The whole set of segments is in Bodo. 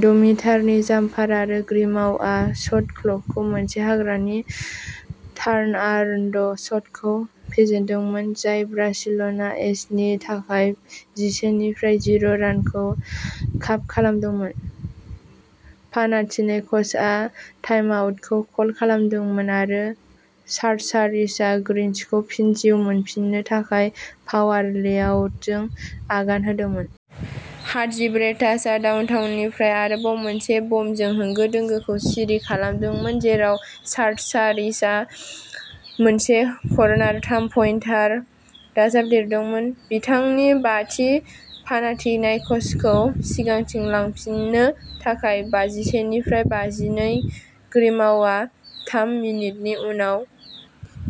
द' मिटारनि जाम्पार आरो ग्रिमाउआ शट क्ल'कखौ मोनसे हाग्रानि टार्नआरन्ड शटजों फेजेनदोंमोन जाय बार्सिल'ना एजनि थाखाय जिसेनिफ्राय जिर' रानखौ काप खालामदोंमोन। पानाथिनाइक'सआ टाइमआउटखौ कल खालामदोंमोन आरो सार्टसारिसआ ग्रीन्सखौ फिन जिउ मोनफिन्नो थाखाय पावार लेआउटजों आगान होदोंमोन। हाटजिभ्रेटासआ डाउनटाउननिफ्राय आरोबाव मोनसे बमजों होंगो दोंगोखौ सिरि खालामदोंमोन जेराव सार्टसारिसआ मोनसे कर्नार थाम पइन्टार दाजाबदेरदोंमोन बिथांनि बाथि पानाथिनाइक'सखौ सिगांथिं लांफिन्नो थाखाय बाजिसेनिफ्राय बाजिनै ग्रिमाउआ थाम मिनिटनि उनाव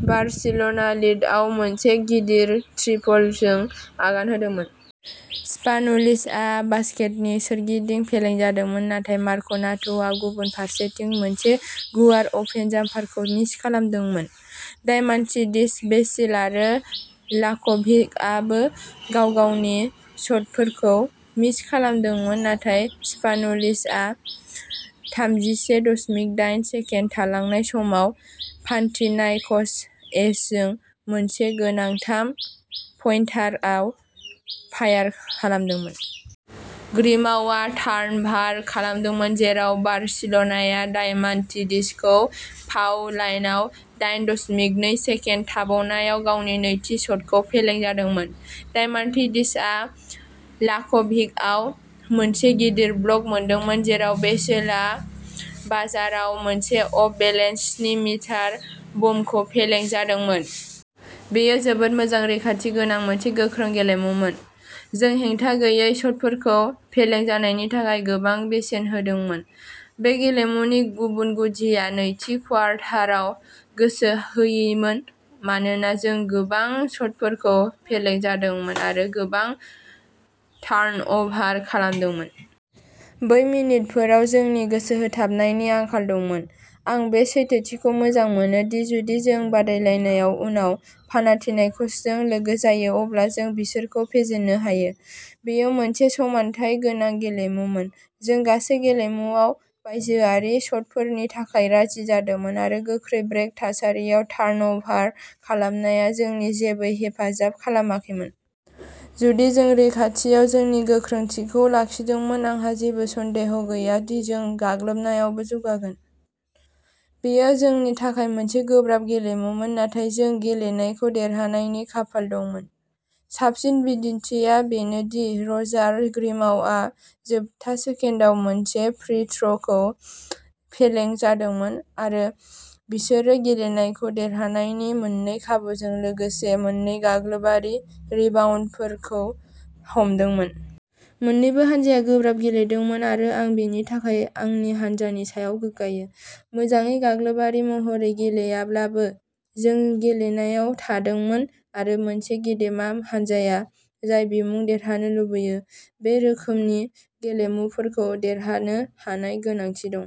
बार्सिल'ना लिडआव मोनसे गिदिर ट्रिपलजों आगान होदोंमोन। स्पानुलिसआ बास्केटनि सोरगिदिं फेलें जादोंमोन नाथाय मार्क'नाट'आ गुबुन फारसेथिं मोनसे गुवार अपेन जाम्पारखौ मिस खालामदोंमोन। डायमान्टिडिस बेसिल आरो लाक'भिकआबो गाव-गावनि शटफोरखौ मिस खालामदोंमोन नाथाय स्पानुलिसआ थामजिसे दशमिक दाइन सेकेन्ड थालांनाय समाव पानथिनाइक'स एजजों मोनसे गोनां थाम पइन्टारआव फायार खालामदोंमोन। ग्रिमाउआ टार्नभार खालामदोंमोन जेराव बार्सिल'नाया डायमान्टिडिसखौ फाउ लाइनआव, दाइन दशमिक नै सेकेन्ड थाबावनायाव गावनि नैथि शटखौ फेलें जादोंमोन। डायमान्टिडिसआ लाक'भिकआव मोनसे गिदिर ब्लक मोनदोंमोन जेराव बेसिलआ बाजारआव मोनसे अफ-बेलेन्स स्नि मिटार बमखौ फेलें जादोंमोन। बेयो जोबोद मोजां रैखाथि गोनां मोनसे गोख्रों गेलेमुमोन। जों हेंथा गैयै शटफोरखौ फेलें जानायनि थाखाय गोबां बेसेन होदोंमोन। बे गेलेमुनि गुबुन गुदिआ नैथि क्वार्टाराव गोसो होयिमोन मानोना जों गोबां शटफोरखौ फेलें जादोंमोन आरो गोबां टार्नअभार खालामदोंमोन। बै मिनिटफोराव जोंनि गोसो होथाबनायनि आंखाल दंमोन। आं बे सैथोथिखौ मोजां मोनो दि जुदि जों बादायलायनायाव उनाव पानाथिनाइकसजों लोगो जायो अब्ला जों बिसोरखौ फेजेननो हायो। बेयो मोनसे समानथाय गोनां गेलेमुमोन। जों गासै गेलेमुआव बायजोआरि शटफोरनि थाखाय राजि जादोंमोन आरो गोख्रै ब्रेक थासारियाव टार्नअभार खालामनाया जोंनि जेबो हेफाजाब खालामाखैमोन। जुदि जों रैखाथियाव जोंनि गोख्रोंथिखौ लाखिदोंमोन आंहा जेबो सन्देह गैया दि जों गाग्लोबनायावबो जौगागोन। बेयो जोंनि थाखाय मोनसे गोब्राब गेलेमुमोन नाथाय जों गेलेनायखौ देरहानायनि खाफाल दंमोन। साबसिन बिदिन्थिआ बेनो दि रजार ग्रिमाउआ जोबथा सेकेन्डआव मोनसे फ्री थ्र'खौ फेलें जादोंमोन आरो बिसोरो गेलेनायखौ देरहानायनि मोननै खाबुजों लोगोसे मोन्नै गाग्लोबारि रिबाउन्डफोरखौ हमदोंमोन। मोन्नैबो हानजाया गोब्राब गेलेदोंमोन आरो आं बेनि थाखाय आंनि हानजानि सायाव गोग्गायो। मोजाङै गाग्लोबारि महरै गेलेयाब्लाबो जों गेलेनायाव थादोंमोन आरो मोनसे गेदेमा हानजाया जाय बिमुं देरहानो लुबैयो, बे रोखोमनि गेलेमुफोरखौ देरहानो हानाय गोनांथि दं।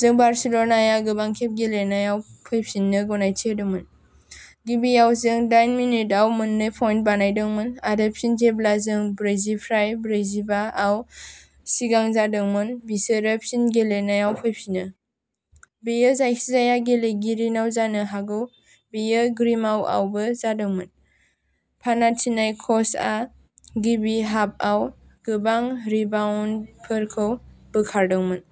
जों बार्सिल'नाया गोबां खेब गेलेनायाव फैफिननो गनायथि होदोंमोन। गिबियाव जों दाइन मिनिटआव मोननै पइन्ट बानायदोंमोन आरो फिन जेब्ला जों ब्रैजिफ्राय ब्रैजिबा आव सिगां जादोंमोन बिसोरो फिन गेलेनायाव फैफिनो। बेयो जायखिजाया गेलेगिरिनाव जानो हागौ बेयो ग्रिमाउआवबो जादोंमोन। पानाथिनाइक'सआ गिबि हाफआव गोबां रिबाउन्डफोरखौ बोखारदोंमोन।